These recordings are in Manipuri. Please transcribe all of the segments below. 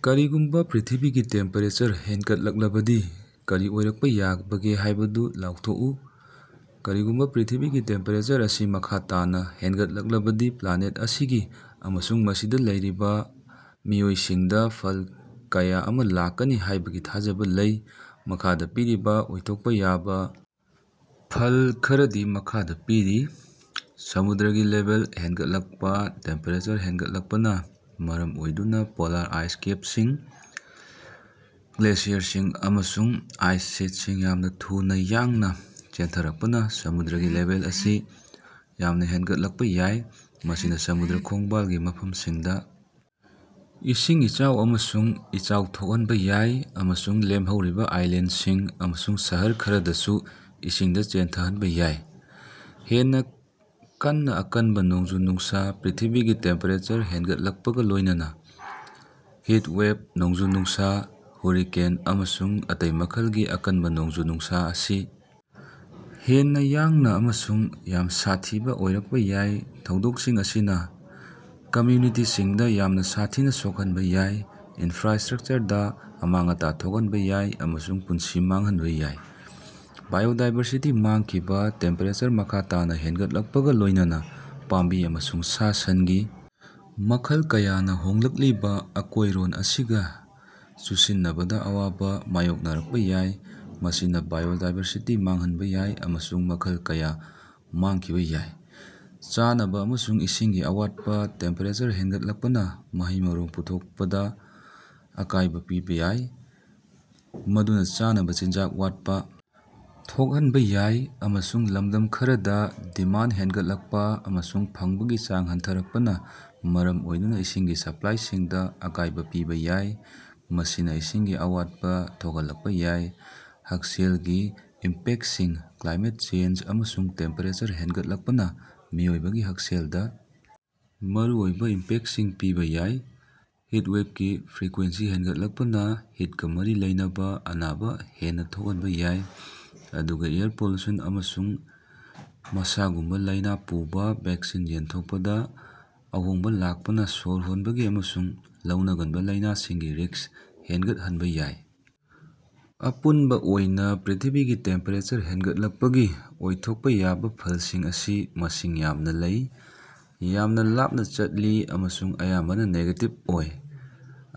ꯀꯔꯤꯒꯨꯝꯕ ꯄ꯭ꯔꯤꯊꯤꯕꯤꯒꯤ ꯇꯦꯝꯄꯦꯔꯦꯆꯔ ꯍꯦꯟꯒꯠꯂꯛꯂꯕꯗꯤ ꯀꯔꯤ ꯑꯣꯏꯔꯛꯄ ꯌꯥꯕꯒꯦ ꯍꯥꯏꯕꯗꯨ ꯂꯥꯎꯊꯣꯛꯎ꯫ ꯀꯔꯤꯒꯨꯝꯕ ꯄ꯭ꯔꯤꯊꯤꯕꯤꯒꯤ ꯇꯦꯝꯄꯦꯔꯦꯆꯔ ꯑꯁꯤ ꯃꯈꯥ ꯇꯥꯅ ꯍꯦꯟꯒꯠꯂꯛꯂꯕꯗꯤ ꯄ꯭ꯂꯥꯅꯦꯠ ꯑꯁꯤꯒꯤ ꯑꯃꯁꯨꯡ ꯃꯁꯤꯗ ꯂꯩꯔꯤꯕ ꯃꯤꯑꯣꯏꯁꯤꯡꯗ ꯐꯜ ꯀꯌꯥ ꯑꯃ ꯂꯥꯛꯀꯅꯤ ꯍꯥꯏꯕꯒꯤ ꯊꯥꯖꯕꯥ ꯂꯩ꯫ ꯃꯈꯥꯗ ꯄꯤꯔꯤꯕ ꯑꯣꯏꯊꯣꯛꯄ ꯌꯥꯕ ꯐꯜ ꯈꯔꯗꯤ ꯃꯈꯥꯗ ꯄꯤꯔꯤ - ꯁꯃꯨꯗ꯭ꯔꯒꯤ ꯂꯦꯚꯦꯜ ꯍꯦꯟꯒꯠꯂꯛꯄ -ꯇꯦꯝꯄꯦꯔꯦꯆꯔ ꯍꯦꯟꯒꯠꯂꯛꯄꯅ ꯃꯔꯝ ꯑꯣꯏꯗꯨꯅ ꯄꯣꯂꯥꯔ ꯑꯥꯏꯁ ꯀꯦꯞꯁꯤꯡ, ꯒ꯭ꯂꯦꯁꯤꯌꯔꯁꯤꯡ, ꯑꯃꯁꯨꯡ ꯑꯥꯏꯁ ꯁꯤꯠꯁꯤꯡ ꯌꯥꯝꯅ ꯊꯨꯅ ꯌꯥꯡꯅ ꯆꯦꯟꯊꯔꯛꯄꯅꯥ ꯁꯃꯨꯗ꯭ꯔꯒꯤ ꯂꯦꯚꯦꯜ ꯑꯁꯤ ꯌꯥꯝꯅ ꯍꯦꯟꯒꯠꯂꯛꯄ ꯌꯥꯏ꯫ ꯃꯁꯤꯅ ꯁꯃꯨꯗ꯭ꯔ ꯈꯣꯡꯕꯥꯜꯒꯤ ꯃꯐꯝꯁꯤꯡꯗ ꯏꯁꯤꯡ ꯏꯆꯥꯎ ꯑꯃꯁꯨꯡ ꯏꯆꯥꯎ ꯊꯣꯛꯍꯟꯕ‌ ꯌꯥꯏ ꯑꯃꯁꯨꯡ ꯂꯦꯝꯍꯧꯔꯤꯕ ꯑꯥꯏꯂꯦꯟꯗꯁꯤꯡ ꯑꯃꯁꯨꯡ ꯁꯍꯔ ꯈꯔꯗꯁꯨ ꯏꯁꯤꯡꯗ ꯆꯦꯟꯊꯍꯟꯕ ꯌꯥꯏ꯫ ꯍꯦꯟꯅ‌ ꯀꯟꯅ ꯑꯀꯟꯕꯥ ꯅꯣꯡꯖꯨ-ꯅꯨꯡꯁ - ꯄ꯭ꯔꯤꯊꯤꯕꯤꯒꯤ ꯇꯦꯝꯄꯦꯔꯦꯆꯔ ꯍꯦꯟꯒꯠꯂꯛꯄꯒ ꯂꯣꯏꯅꯅꯥ ꯍꯤꯇꯋꯦꯚ, ꯅꯣꯡꯖꯨ-ꯅꯨꯡꯁꯥ, ꯍꯨꯔꯤꯀꯦꯟ ꯑꯃꯁꯨꯡ ꯑꯇꯩ ꯃꯈꯜꯒꯤ ꯑꯀꯟꯕ ꯅꯣꯡꯖꯨ-ꯅꯨꯡꯁꯥ ꯑꯁꯤ ꯍꯦꯟꯅ ꯌꯥꯡꯅ ꯑꯃꯁꯨꯡ ꯌꯥꯝꯅ ꯁꯥꯊꯤꯕ ꯑꯣꯏꯔꯛꯄ ꯌꯥꯏ꯫ ꯊꯧꯗꯣꯛꯁꯤꯡ ꯑꯁꯤꯅ ꯀꯝꯃ꯭ꯌꯨꯅꯤꯇꯤꯁꯤꯡꯗ ꯌꯥꯝꯅ ꯁꯥꯊꯤꯅ ꯁꯣꯛꯍꯟꯕ ꯌꯥꯏ, ꯏꯟꯐ꯭ꯔꯥꯁ꯭ꯇꯔꯛꯆꯔꯗꯥ ꯑꯃꯥꯡ-ꯑꯇꯥ ꯊꯣꯛꯍꯟꯕ ꯌꯥꯏ, ꯑꯃꯁꯨꯡ ꯄꯨꯟꯁꯤ ꯃꯥꯡꯍꯟꯕ ꯌꯥꯏ꯫ ꯕꯥꯏꯑꯣꯗꯥꯏꯕꯔꯁꯤꯇꯤ ꯃꯥꯡꯈꯤꯕ - ꯇꯦꯝꯄꯦꯔꯦꯆꯔ ꯃꯈꯥ ꯇꯥꯅꯥ ꯍꯦꯟꯒꯠꯂꯛꯄꯒꯥ ꯂꯣꯏꯅꯅꯥ, ꯄꯥꯝꯕꯤ ꯑꯃꯁꯨꯡ ꯁꯥ-ꯁꯟꯒꯤ ꯃꯈꯜ ꯀꯌꯥꯅ ꯍꯣꯡꯂꯛꯂꯤꯕ ꯑꯀꯣꯏꯔꯣꯟ ꯑꯁꯤꯒ ꯆꯨꯁꯤꯟꯅꯕꯗꯥ ꯑꯋꯥꯕ ꯃꯥꯌꯣꯛꯅꯔꯛꯄ ꯌꯥꯏ꯫ ꯃꯁꯤꯅ ꯕꯥꯏꯑꯣꯗꯥꯏꯕꯔꯁꯤꯇꯤ ꯃꯥꯡꯍꯟꯕ ꯌꯥꯏ, ꯑꯃꯁꯨꯡ ꯃꯈꯜ ꯀꯌꯥ ꯃꯥꯡꯈꯤꯕ ꯌꯥꯏ꯫ ꯆꯥꯅꯕꯥ ꯑꯃꯁꯨꯡ ꯏꯁꯤꯡꯒꯤ ꯑꯋꯥꯠꯄ - ꯇꯦꯝꯄꯦꯔꯦꯆꯔ ꯍꯦꯟꯒꯠꯂꯛꯄꯅꯥ ꯃꯍꯩ-ꯃꯔꯣꯡ ꯄꯨꯊꯣꯠꯄꯗꯥ ꯑꯀꯥꯏꯕ ꯄꯤꯕ‌ꯌꯥꯏ, ꯃꯗꯨꯅ ꯆꯥꯅꯕꯥ ꯆꯤꯟꯖꯥꯛ ꯋꯥꯠꯄꯥ ꯊꯣꯛꯍꯟꯕ ꯌꯥꯏ꯫ ꯑꯃꯁꯨꯡ, ꯂꯝꯗꯝ ꯈꯔꯗꯥ, ꯗꯤꯃꯥꯟꯗ ꯍꯦꯟꯒꯠꯂꯛꯄ ꯑꯃꯁꯨꯡ ꯐꯪꯕꯒꯤ ꯆꯥꯡ ꯍꯟꯊꯔꯛꯄꯅꯥ ꯃꯔꯝ ꯑꯣꯏꯗꯨꯅ ꯏꯁꯤꯡꯒꯤ ꯁꯄ꯭ꯂꯥꯏꯁꯤꯡꯗ ꯑꯀꯥꯏꯕ‌ ꯄꯤꯕ ꯌꯥꯏ, ꯃꯁꯤꯅ ꯏꯁꯤꯡꯒꯤ ꯑꯋꯥꯠꯄ ꯊꯣꯛꯍꯜꯂꯛꯄ ꯌꯥꯏ꯫ ꯍꯛꯁꯦꯜꯒꯤ ꯏꯝꯄꯦꯛꯇꯁꯤꯡ - ꯀ꯭ꯂꯥꯏꯃꯦꯠ ꯆꯦꯟꯖ ꯑꯃꯁꯨꯡ ꯇꯦꯝꯄꯦꯔꯦꯆꯔ ꯍꯦꯟꯒꯠꯂꯛꯄꯅꯥ ꯃꯤꯑꯣꯏꯕꯒꯤ ꯍꯛꯁꯦꯜꯗ ꯃꯔꯨꯑꯣꯏꯕ ꯏꯝꯄꯦꯛꯇꯁꯤꯡ ꯄꯤꯕ ꯌꯥꯏ꯫ ꯍꯤꯠꯋꯦꯕꯀꯤ ꯐ꯭ꯔꯤꯀ꯭ꯋꯦꯟꯁꯤ ꯍꯦꯟꯒꯠꯂꯛꯄꯅꯥ ꯍꯤꯠꯀꯥ ꯃꯔꯤ ꯂꯩꯅꯕꯥ ꯑꯅꯥꯕ ꯍꯦꯟꯅ ꯊꯣꯛꯍꯟꯕ ꯌꯥꯏ, ꯑꯗꯨꯒ ꯑꯦꯌꯔ ꯄꯣꯂꯨꯁꯟ ꯑꯃꯁꯨꯡ ꯃꯁꯥꯒꯨꯝꯕ ꯂꯥꯏꯅꯥ ꯄꯨꯕ ꯚꯦꯛꯁꯤꯟ ꯌꯦꯟꯊꯣꯛꯄꯗꯥ ꯑꯍꯣꯡꯕ ꯂꯥꯛꯄꯅꯥ ꯁꯣꯔ ꯍꯣꯟꯕꯒꯤ ꯑꯃꯁꯨꯡ ꯂꯧꯅꯒꯟꯕ ꯂꯥꯏꯅꯥꯁꯤꯡꯒꯤ ꯔꯤꯁ꯭ꯛ ꯍꯦꯟꯒꯠꯍꯟꯕꯥ ꯌꯥꯏ꯫ ꯑꯄꯨꯟꯕ ꯑꯣꯏꯅ, ꯄ꯭ꯔꯤꯊꯤꯕꯤꯒꯤ ꯇꯦꯝꯄꯦꯔꯦꯆꯔ ꯍꯦꯟꯒꯠꯂꯛꯄꯒꯤ ꯑꯣꯏꯊꯣꯛꯄ ꯌꯥꯕ ꯐꯜꯁꯤꯡ ꯑꯁꯤ ꯃꯁꯤꯡ ꯌꯥꯝꯅ ꯂꯩ, ꯌꯥꯝꯅ ꯂꯥꯞꯅ ꯆꯠꯂꯤ ꯑꯃꯁꯨꯡ ꯑꯌꯥꯝꯕꯅꯥ ꯅꯦꯒꯦꯇꯤꯕ ꯑꯣꯏ,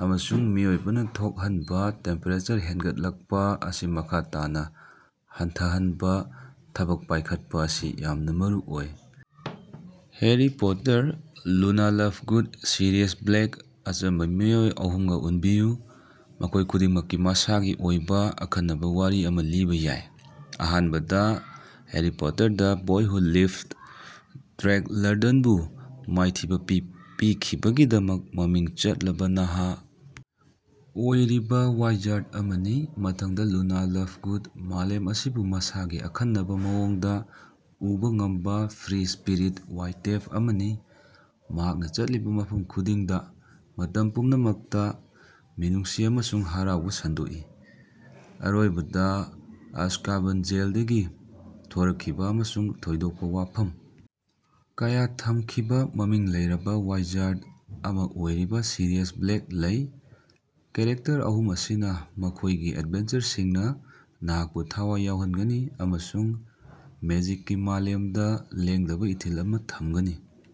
ꯑꯃꯁꯨꯡ ꯃꯤꯑꯣꯏꯕꯅꯥ ꯊꯣꯛꯍꯟꯕ ꯇꯦꯝꯄꯦꯔꯦꯆꯔ ꯍꯦꯟꯒꯠꯂꯛꯄꯥ ꯑꯁꯤ ꯃꯈꯥ ꯇꯥꯅꯥ ꯍꯟꯊꯍꯟꯅꯕꯥ ꯊꯕꯛ ꯄꯥꯏꯈꯠꯄꯥ ꯑꯁꯤ ꯌꯥꯝꯅ ꯃꯔꯨꯑꯣꯏ꯫ Harry Potter, Luna Lovegood, Sirius Black. ꯑꯆꯝꯕ ꯃꯤꯑꯣꯏ ꯑꯍꯨꯝꯒ ꯎꯟꯕꯤꯌꯨ, ꯃꯈꯣꯏ ꯈꯨꯗꯤꯡꯃꯛꯀꯤ ꯃꯁꯥꯒꯤ ꯑꯣꯏꯕ ꯑꯈꯟꯅꯕꯥ ꯋꯥꯔꯤ ꯑꯃꯥ ꯂꯤꯕꯥ ꯌꯥꯏ꯫ ꯑꯍꯥꯟꯕꯗꯥ, ꯍꯦꯔꯤ ꯄꯣꯇꯔ ꯗ ꯕꯣꯏ ꯍꯨ ꯂꯤꯚꯗ, ꯗꯥ꯭ꯔꯛ ꯂꯔꯗꯟꯕꯨ ꯃꯥꯏꯊꯤꯕ ꯄꯤꯈꯤꯕꯒꯤꯗꯃꯛ ꯃꯃꯤꯡ ꯆꯠꯂꯕꯥ ꯅꯍꯥ ꯑꯣꯏꯔꯤꯕ ꯋꯥꯏꯖꯥꯔꯗ ꯑꯃꯅꯤ꯫ ꯃꯊꯪꯗ ꯂꯨꯅꯥ ꯂ꯭ꯚꯒꯨꯗ, ꯃꯥꯂꯦꯝ ꯑꯁꯤꯕꯨ ꯃꯁꯥꯒꯤ ꯑꯈꯟꯅꯕꯥ ꯃꯑꯣꯡꯗ ꯎꯕꯥ ꯉꯝꯕ ꯐ꯭ꯔꯤ-ꯁ꯭ꯄꯤꯔꯤꯠ ꯋꯥꯏꯇꯦꯞ ꯑꯃꯅꯤ, ꯃꯍꯥꯛꯅ ꯆꯠꯂꯤꯕ ꯃꯐꯝ ꯈꯨꯗꯤꯡꯗ ꯃꯇꯝ ꯄꯨꯝꯅꯃꯛꯇ ꯃꯤꯅꯨꯡꯁꯤ ꯑꯃꯁꯨꯡ ꯍꯔꯥꯎꯕꯥ ꯁꯟꯗꯣꯛꯏ꯫ ꯑꯔꯣꯏꯕꯗꯥ, ꯑꯖꯀꯥꯕꯟ ꯖꯦꯜꯗꯒꯤ ꯊꯣꯔꯛꯈꯤꯕ‌ ꯑꯃꯁꯨꯡ ꯊꯣꯏꯗꯣꯛꯄ ꯋꯥꯐꯝ ꯀꯌꯥ ꯊꯝꯈꯤꯕ ꯃꯃꯤꯡ ꯂꯩꯔꯕꯥ ꯋꯥꯏꯖꯥꯔꯗ ꯑꯃ ꯑꯣꯏꯔꯤꯕ ꯁꯤꯔꯤꯌꯁ ꯕ꯭ꯂꯦꯛ ꯂꯩ꯫ ꯀꯦꯔꯦꯛꯇꯔ ꯑꯍꯨꯝ ꯑꯁꯤꯅ ꯃꯈꯣꯏꯒꯤ ꯑꯦꯗꯚꯦꯟꯆꯔꯁꯤꯡꯅ ꯅꯍꯥꯛꯄꯨ ꯊꯋꯥꯏ ꯌꯥꯎꯍꯟꯒꯅꯤ ꯑꯃꯁꯨꯡ ꯃꯦꯖꯤꯛꯀꯤ ꯃꯥꯂꯦꯝꯗ ꯂꯦꯡꯗꯕꯥ ꯏꯊꯤꯜ ꯑꯃꯥ ꯊꯝꯒꯅꯤ꯫